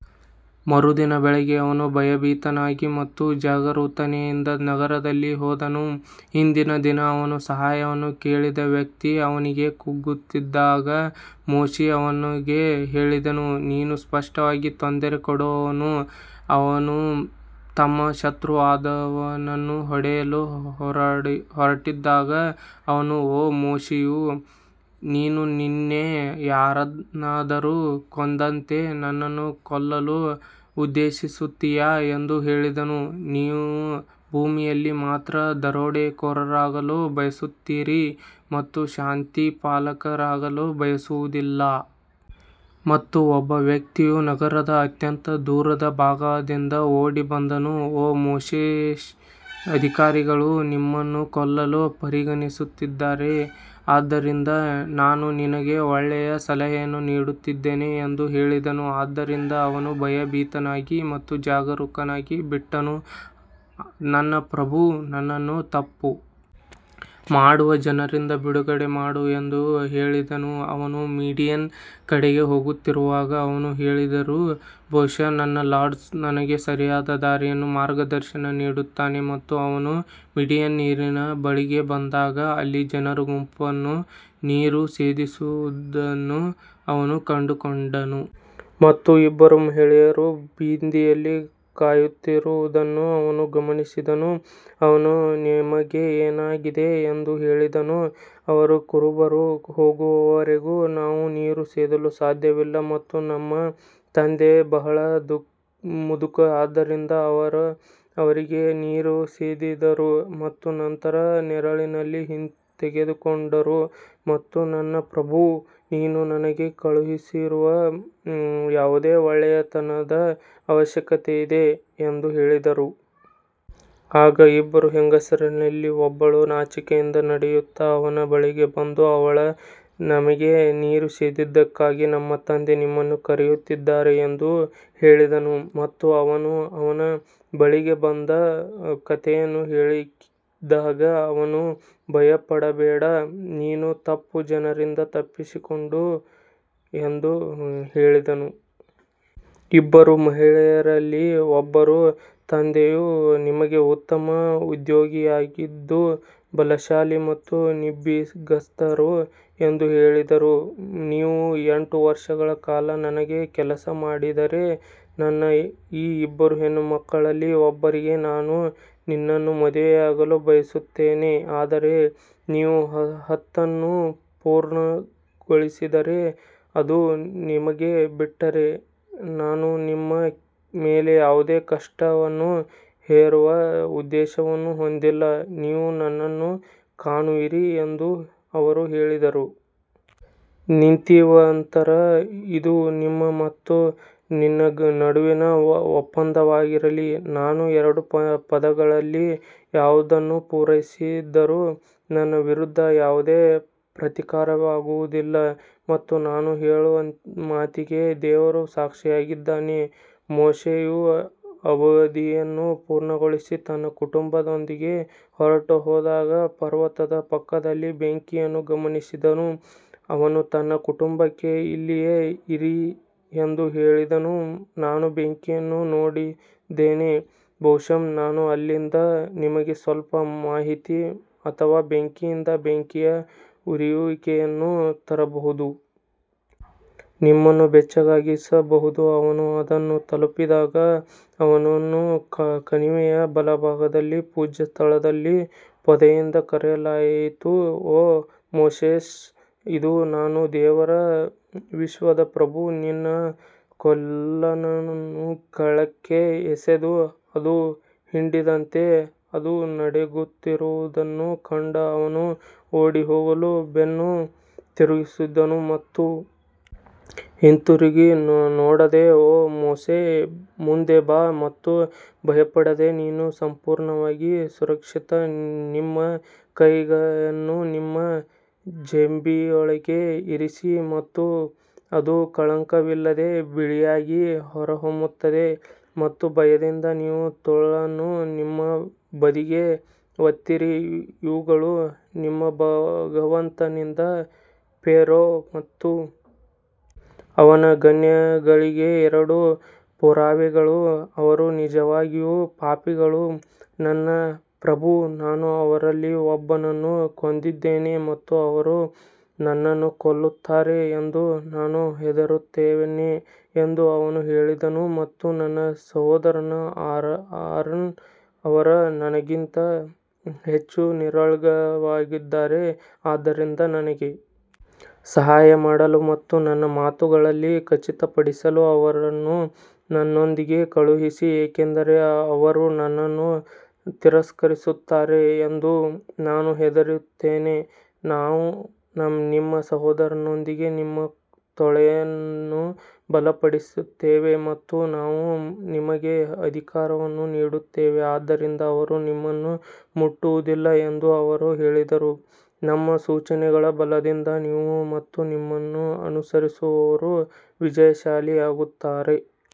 ಮರುದಿನ ಬೆಳಿಗ್ಗೆ ಅವನು ಭಯಭೀತನಾಗಿ ಮತ್ತು ಜಾಗರೂಕತೆಯಿಂದ ನಗರದಲ್ಲಿ ಹೋದನು, ಹಿಂದಿನ ದಿನ ಅವನ ಸಹಾಯವನ್ನು ಕೇಳಿದ ವ್ಯಕ್ತಿ ಅವನಿಗೆ ಕೂಗುತ್ತಿದ್ದಾಗ ಮೋಶೆ ಅವನಿಗೆ ಹೇಳಿದನು, ನೀನು ಸ್ಪಷ್ಟವಾಗಿ ತೊಂದರೆ ಕೊಡುವವನು ಅವನು ತಮ್ಮ ಶತ್ರುವಾದವನನ್ನು ಹೊಡೆಯಲು ಹೊರಟಿದ್ದಾಗ ಅವನು ಓ ಮೋಶೆಯು ನೀನು ನಿನ್ನೆ ಯಾರನ್ನಾದರೂ ಕೊಂದಂತೆ ನನ್ನನ್ನು ಕೊಲ್ಲಲು ಉದ್ದೇಶಿಸುತ್ತೀಯಾ ಎಂದು ಹೇಳಿದನು, ನೀವು ಭೂಮಿಯಲ್ಲಿ ಮಾತ್ರ ದರೋಡೆಕೋರರಾಗಲು ಬಯಸುತ್ತೀರಿ ಮತ್ತು ಶಾಂತಿಪಾಲಕರಾಗಲು ಬಯಸುವುದಿಲ್ಲ. ಮತ್ತು ಒಬ್ಬ ವ್ಯಕ್ತಿಯು ನಗರದ ಅತ್ಯಂತ ದೂರದ ಭಾಗದಿಂದ ಓಡಿ ಬಂದನು, ಓ ಮೋಸೆಸ್ ಅಧಿಕಾರಿಗಳು ನಿಮ್ಮನ್ನು ಕೊಲ್ಲಲು ಪರಿಗಣಿಸುತ್ತಿದ್ದಾರೆ ಆದ್ದರಿಂದ ನಾನು ನಿಮಗೆ ಒಳ್ಳೆಯ ಸಲಹೆಯನ್ನು ನೀಡುತ್ತಿದ್ದೇನೆ ಎಂದು ಹೇಳಿದನು. ಆದ್ದರಿಂದ ಅವನು ಭಯಭೀತನಾಗಿ ಮತ್ತು ಜಾಗರೂಕನಾಗಿ ಬಿಟ್ಟನು, ನನ್ನ ಪ್ರಭು ನನ್ನನ್ನು ತಪ್ಪು ಮಾಡುವ ಜನರಿಂದ ಬಿಡುಗಡೆ ಮಾಡು ಎಂದು ಹೇಳಿದನು ಅವರು ಮೀಡಿಯನ್ ಕಡೆಗೆ ಹೋಗುತ್ತಿರುವಾಗ ಅವರು ಹೇಳಿದರು ಬಹುಶಃ ನನ್ನ ಲಾರ್ಡ್ ನನಗೆ ಸರಿಯಾದ ದಾರಿಯಲ್ಲಿ ಮಾರ್ಗದರ್ಶನ ನೀಡುತ್ತಾನೆ ಮತ್ತು ಅವನು ಮೀಡಿಯನ್ ನೀರಿನ ಬಳಿಗೆ ಬಂದಾಗ ಅಲ್ಲಿ ಜನರ ಗುಂಪನ್ನು ನೀರು ಸೇದುತ್ತಿರುವುದನ್ನು ಅವನು ಕಂಡುಕೊಂಡನು ಮತ್ತು ಇಬ್ಬರು ಮಹಿಳೆಯರು ಬದಿಯಲ್ಲಿ ಕಾಯುತ್ತಿರುವುದನ್ನು ಅವನು ಗಮನಿಸಿದನು ಅವನು ನಿಮಗೆ ಏನಾಗಿದೆ ಎಂದು ಹೇಳಿದನು ಅವರು ಕುರುಬರು ಹೋಗುವವರೆಗೂ ನಾವು ನೀರು ಸೇದಲು ಸಾಧ್ಯವಿಲ್ಲ ಮತ್ತು ನಮ್ಮ ತಂದೆ ಬಹಳ ಮುದುಕ ಆದ್ದರಿಂದ ಅವರು ಅವರಿಗೆ ನೀರು ಸೇದಿದರು ಮತ್ತು ನಂತರ ನೆರಳಿನಲ್ಲಿ ಹಿಂತೆಗೆದುಕೊಂಡರು ಮತ್ತು ನನ್ನ ಪ್ರಭೂ ನೀನು ನನಗೆ ಕಳುಹಿಸುವ ಯಾವುದೇ ಒಳ್ಳೆಯತನದ ಅವಶ್ಯಕತೆಯಿದೆ ಎಂದು ಹೇಳಿದರು. ಆಗ ಇಬ್ಬರು ಹೆಂಗಸರಲ್ಲಿ ಒಬ್ಬಳು ನಾಚಿಕೆಯಿಂದ ನಡೆಯುತ್ತಾ ಅವನ ಬಳಿಗೆ ಬಂದಳು ಅವಳು ನಮಗೆ ನೀರು ಸೇದಿದ್ದಕ್ಕಾಗಿ ನನ್ನ ತಂದೆ ನಿನ್ನನ್ನು ಕರೆಯುತ್ತಿದ್ದಾರೆ ಎಂದು ಹೇಳಿದಳು ಮತ್ತು ಅವನು ಅವನ ಬಳಿಗೆ ಬಂದು ಕಥೆಯನ್ನು ಹೇಳಿದಾಗ ಅವನು ಭಯಪಡಬೇಡ ನೀನು ತಪ್ಪು ಜನರಿಂದ ತಪ್ಪಿಸಿಕೊಂಡೆ ಎಂದು ಹೇಳಿದನು. ಇಬ್ಬರು ಮಹಿಳೆಯರಲ್ಲಿ ಒಬ್ಬರು, ತಂದೆಯು ನಿಮಗೆ ಉತ್ತಮ ಉದ್ಯೋಗಿಯಾಗಿದ್ದು, ಬಲಶಾಲಿ ಮತ್ತು ನಂಬಿಗಸ್ತರು ಎಂದು ಹೇಳಿದರು ನೀವು ಎಂಟು ವರ್ಷಗಳ ಕಾಲ ನನಗೆ ಕೆಲಸ ಮಾಡಿದರೆ ನನ್ನ ಈ ಇಬ್ಬರು ಹೆಣ್ಣುಮಕ್ಕಳಲ್ಲಿ ಒಬ್ಬರಿಗೆ ನಾನು ನಿನ್ನನ್ನು ಮದುವೆಯಾಗಲು ಬಯಸುತ್ತೇನೆ ಆದರೆ ನೀವು ಹತ್ತನ್ನು ಪೂರ್ಣಗೊಳಿಸಿದರೆ ಅದು ನಿಮಗೆ ಬಿಟ್ಟರೆ ನಾನು ನಿಮ್ಮ ಮೇಲೆ ಯಾವುದೇ ಕಷ್ಟವನ್ನು ಹೇರುವ ಉದ್ದೇಶವನ್ನು ಹೊಂದಿಲ್ಲ, ನೀವು ನನ್ನನ್ನು ಕಾಣುವಿರಿ ಎಂದು ಅವರು ಹೇಳಿದರು. ನೀತಿವಂತರ ಇದು ನಿಮ್ಮ ಮತ್ತು ನನ್ನ ನಡುವಿನ ಒಪ್ಪಂದವಾಗಿರಲಿ, ನಾನು ಎರಡು ಪದಗಳಲ್ಲಿ ಯಾವುದನ್ನು ಪೂರೈಸಿದರೂ ನನ್ನ ವಿರುದ್ಧ ಯಾವುದೇ ಪ್ರತೀಕಾರವಾಗುವುದಿಲ್ಲ ಮತ್ತು ನಾವು ಹೇಳುವ ಮಾತಿಗೆ ದೇವರು ಸಾಕ್ಷಿಯಾಗಿದ್ದಾನೆ ಮೋಶೆಯು ಅವಧಿಯನ್ನು ಪೂರ್ಣಗೊಳಿಸಿ ತನ್ನ ಕುಟುಂಬದೊಂದಿಗೆ ಹೊರಟುಹೋದಾಗ ಪರ್ವತದ ಪಕ್ಕದಲ್ಲಿ ಬೆಂಕಿಯನ್ನು ಗಮನಿಸಿದನು ಅವನು ತನ್ನ ಕುಟುಂಬಕ್ಕೆ ಇಲ್ಲಿಯೇ ಇರಿ ಎಂದು ಹೇಳಿದನು ನಾನು ಬೆಂಕಿಯನ್ನು ನೋಡಿದ್ದೇನೆ ಬಹುಶಃ ನಾನು ಅಲ್ಲಿಂದ ನಿಮಗೆ ಸ್ವಲ್ಪ ಮಾಹಿತಿ ಅಥವಾ ಬೆಂಕಿಯಿಂದ ಬೆಂಕಿಯ ಉರಿಯುವಿಕೆಯನ್ನು ತರಬಹುದು. ನಿಮ್ಮನ್ನು ಬೆಚ್ಚಗಾಗಿಸಬಹುದು ಅವನು ಅದನ್ನು ತಲುಪಿದಾಗ ಅವನನ್ನು ಕಣಿವೆಯ ಬಲಭಾಗದಿಂದ ಪೂಜ್ಯ ಸ್ಥಳದಲ್ಲಿ ಪೊದೆಯಿಂದ ಕರೆಯಲಾಯಿತು ಓ ಮೋಸೆಸ್ ಇದು ನಾನು ದೇವರು ವಿಶ್ವದ ಪ್ರಭು ನಿನ್ನ ಕೋಲನ್ನು ಕೆಳಕ್ಕೆ ಎಸೆದು, ಅದು ಹಿಡಿದಂತೆ ಅದು ನಡುಗುತ್ತಿರುವುದನ್ನು ಕಂಡ ಅವನು ಓಡಿಹೋಗಲು ಬೆನ್ನು ತಿರುಗಿಸಿದನು ಮತ್ತು ಹಿಂತಿರುಗಿ ನೋಡದೆ ಓ ಮೋಶೆ ಮುಂದೆ ಬಾ ಮತ್ತು ಭಯಪಡಬೇಡ ನೀನು ಸಂಪೂರ್ಣವಾಗಿ ಸುರಕ್ಷಿತ ನಿಮ್ಮ ಕೈಯನ್ನು ನಿಮ್ಮ ಜೇಬಿನೊಳಗೆ ಇರಿಸಿ ಮತ್ತು ಅದು ಕಳಂಕವಿಲ್ಲದೆ ಬಿಳಿಯಾಗಿ ಹೊರಹೊಮ್ಮುತ್ತದೆ ಮತ್ತು ಭಯದಿಂದ ನಿಮ್ಮ ತೋಳನ್ನು ನಿಮ್ಮ ಬದಿಗೆ ಒತ್ತಿರಿ ಇವುಗಳು ನಿಮ್ಮ ಭಗವಂತನಿಂದ ಫೇರೋ ಮತ್ತು ಅವನ ಗಣ್ಯರಿಗೆ ಎರಡು ಪುರಾವೆಗಳು ಅವರು ನಿಜವಾಗಿಯೂ ಪಾಪಿಗಳು ನನ್ನ ಪ್ರಭು ನಾನು ಅವರಲ್ಲಿ ಒಬ್ಬನನ್ನು ಕೊಂದಿದ್ದೇನೆ ಮತ್ತು ಅವರು ನನ್ನನ್ನು ಕೊಲ್ಲುತ್ತಾರೆ ಎಂದು ನಾನು ಹೆದರುತ್ತೇನೆ ಎಂದು ಅವನು ಹೇಳಿದನು ಮತ್ತು ನನ್ನ ಸಹೋದರ ಆರನ್ ಅವರು ನನಗಿಂತ ಹೆಚ್ಚು ನಿರರ್ಗಳವಾಗಿದ್ದಾರೆ ಆದ್ದರಿಂದ ನನಗೆ ಸಹಾಯ ಮಾಡಲು ಮತ್ತು ನನ್ನ ಮಾತುಗಳನ್ನು ಖಚಿತಪಡಿಸಲು ಅವರನ್ನು ನನ್ನೊಂದಿಗೆ ಕಳುಹಿಸಿ ಏಕೆಂದರೆ ಅವರು ನನ್ನನ್ನು ತಿರಸ್ಕರಿಸುತ್ತಾರೆ ಎಂದು ನಾನು ಹೆದರುತ್ತೇನೆ ನಾವು ನಿಮ್ಮ ಸಹೋದರನೊಂದಿಗೆ ನಿಮ್ಮ ತೋಳನ್ನು ಬಲಪಡಿಸುತ್ತೇವೆ ಮತ್ತು ನಾವು ನಿಮಗೆ ಅಧಿಕಾರವನ್ನು ನೀಡುತ್ತೇವೆ ಆದ್ದರಿಂದ ಅವರು ನಿಮ್ಮನ್ನು ಮುಟ್ಟುವುದಿಲ್ಲ ಎಂದು ಅವರು ಹೇಳಿದರು, ನಮ್ಮ ಸೂಚನೆಗಳ ಬಲದಿಂದ ನೀವು ಮತ್ತು ನಿಮ್ಮನ್ನು ಅನುಸರಿಸುವವರು ವಿಜಯಶಾಲಿಯಾಗುತ್ತಾರೆ.